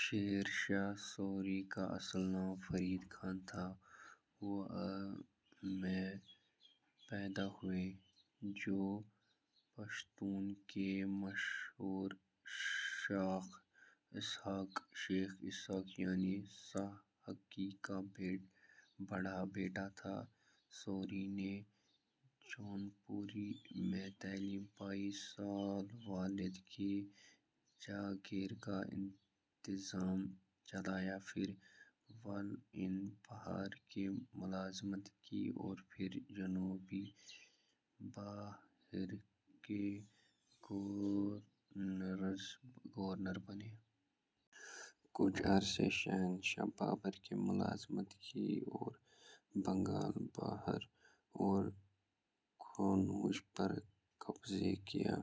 Sher Shah sorry, کا اصل نام فرید خان تھا۔ وہ ء میں پیدا ہوئے جو پشتون کی مشہور شاخ اسحاق یعنی سہاک کا بڑا بیٹا تھا۔ سوری نے جونپور میں تعلیم پائی۔ سال والد کی جاگیر کا انتظام چلایا پھر والئی بہار کی ملازمت کی اور پھر جنوبی بہار کے گورنر بنے۔ کچھ عرصہ شہنشاہ بابر کی ملازمت کی اور بنگال ، بہار اور قنوج پر قبضہ کیا۔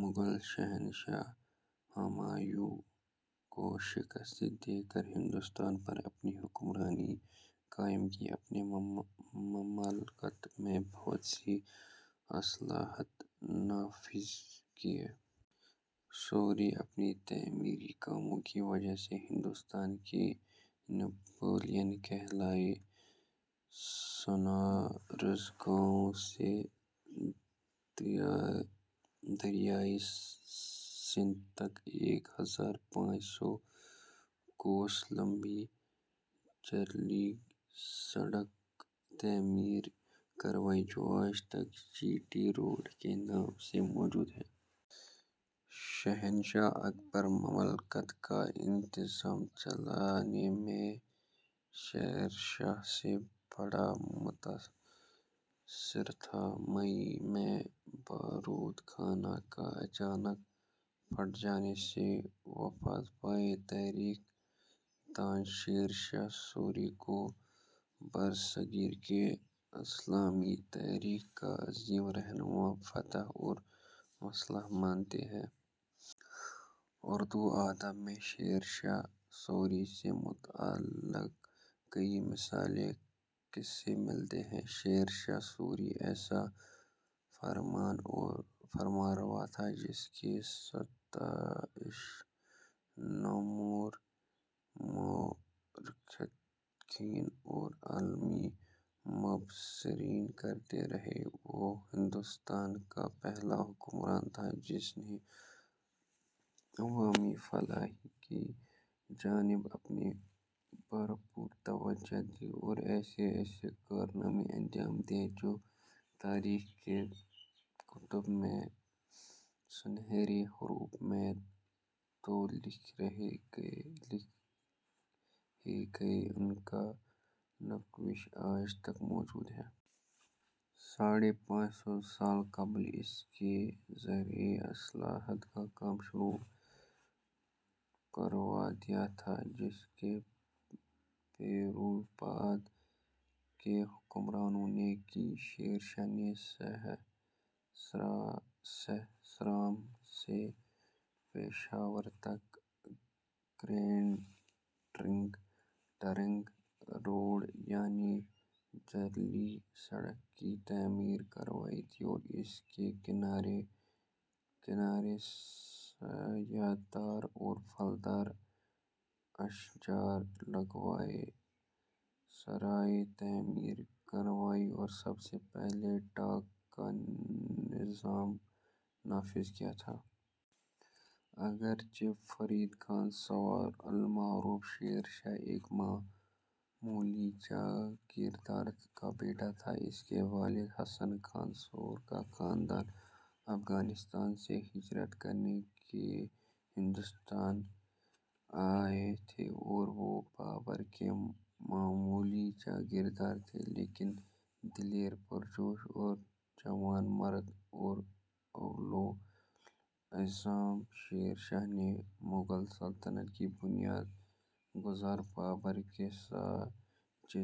مغل شہنشاہ ہمایوں کو شکست دے کر ہندوستان پر اپنی حکمرانی قائم کی۔ اپنی مملکت میں بہت سی اصلاحات نافذ کیں۔ سوری اپنے تعمیری کاموں کی وجہ سے ہندوستان کے نپولین کہلائے سنار گاؤں سے دریائے سندھ تک ایک ہزار پانچ سو کوس لمبی جرنیلی سڑک تعمیر کروائی جو آج تک جی ٹی روڈ کے نام سے موجود ہے۔ شہنشاہ اکبر مملکت کا انتظام چلانے میں شیرشاہ سے بڑا متاثر تھا۔ مئی ء میں بارود خانہ کے اچانک پھٹ جانے سے وفات پائی۔ تاریخ دان شیر شاہ سوری کو برصغیر کی اسلامی تاریخ کا عظیم رہنما، فاتح اور مصلح مانتے ہیں۔ اردو ادب میں شیر شاہ سوری سے متعلق کئی مثالی قصے ملتے ہیں۔ شیر شاہ سوری ایسا فرماں روا تھا جس کی ستائش نامور مؤرخین اور عالمی مبصرین کرتے رہے ہیں۔ وہ ہندوستان کا پہلا حکمران تھا جس نے عوامی فلاح کی جانب اپنی بھرپور توجہ دی اور ایسے ایسے کارنامے انجام دیے جو تاریخ کی کتب میں سنہرے حروف میں تو لکھے ہی گئے، ان کے نقوش آج تک موجود ہیں۔ ساڑھے پانچ سو سال قبل اس نے زرعی اصلاحات کا کام شروع کروا دیا تھا، جس کی پیروی بعد کے حکمرانوں نے کی۔ شیر شاہ نے سہسرام سے پشاور تک گرینڈ ٹرنک روڈ یعنی جرنیلی سڑک کی تعمیر کروائی تھی اور اس کے کنارے کنارے سایہ دار اور پھل دار اشجار لگوائے، سرائیں تعمیر کروائیں اور سب سے پہلا ڈاک کا نظام نافذ کیا تھا۔ اگرچہ فرید خان سور المعروف شیر شاہ ایک معمولی جاگیردار کا بیٹا تھا۔ اس کے والد حسن خان سور کا خاندان افغانستان سے ہجرت کرکے ہندوستان آئے تھے اور وہ بابر کے معمولی جاگیردار تھے لیکن دلیر پرجوش اور جواں مرد اور اولو العزم شیر شاہ نے مغل سلطنت کے بنیاد گزار بابر کے صاحبزادے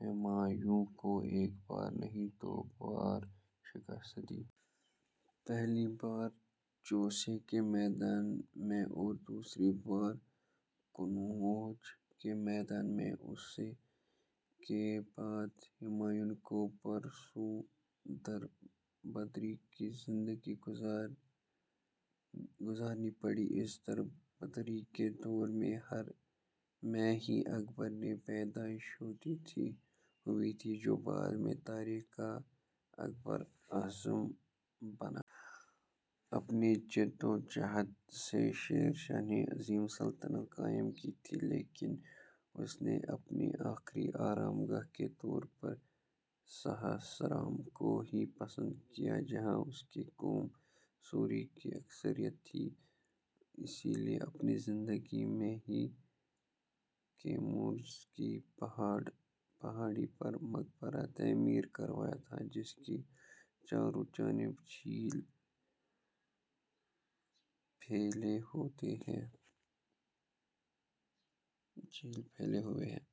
ہمایوں کو ایک بار نہیں دو دو بار شکست دی۔ پہلی بار چوسہ کے میدان میں اور دوسری بار قنّوج کے میدان میں۔ اُس کے بعد ہمایوں کو برسوں در بدری کی زندگی گزارنی پڑی اس در بدری کے دور میں ہی اکبر کی پیدائش ہوئی تھی جو بعد میں تاریخ کا اکبر اعظم بنا۔ اپنی جدوجہد سے شیر شاہ نے عظیم سلطنت قائم کی تھی۔ لیکن اس نے اپنی آخری آرام گاہ کے طور پر سہسرام کو ہی پسند کیا جہاں اس کی قوم سوری کی اکثریت تھی اس لیے اپنی زندگی میں ہی کیمور کی پہاڑی پر مقبرہ تعمیر کروایا تھا جس کے چاروں جانب جھیل پھیلی ہوئی ہے۔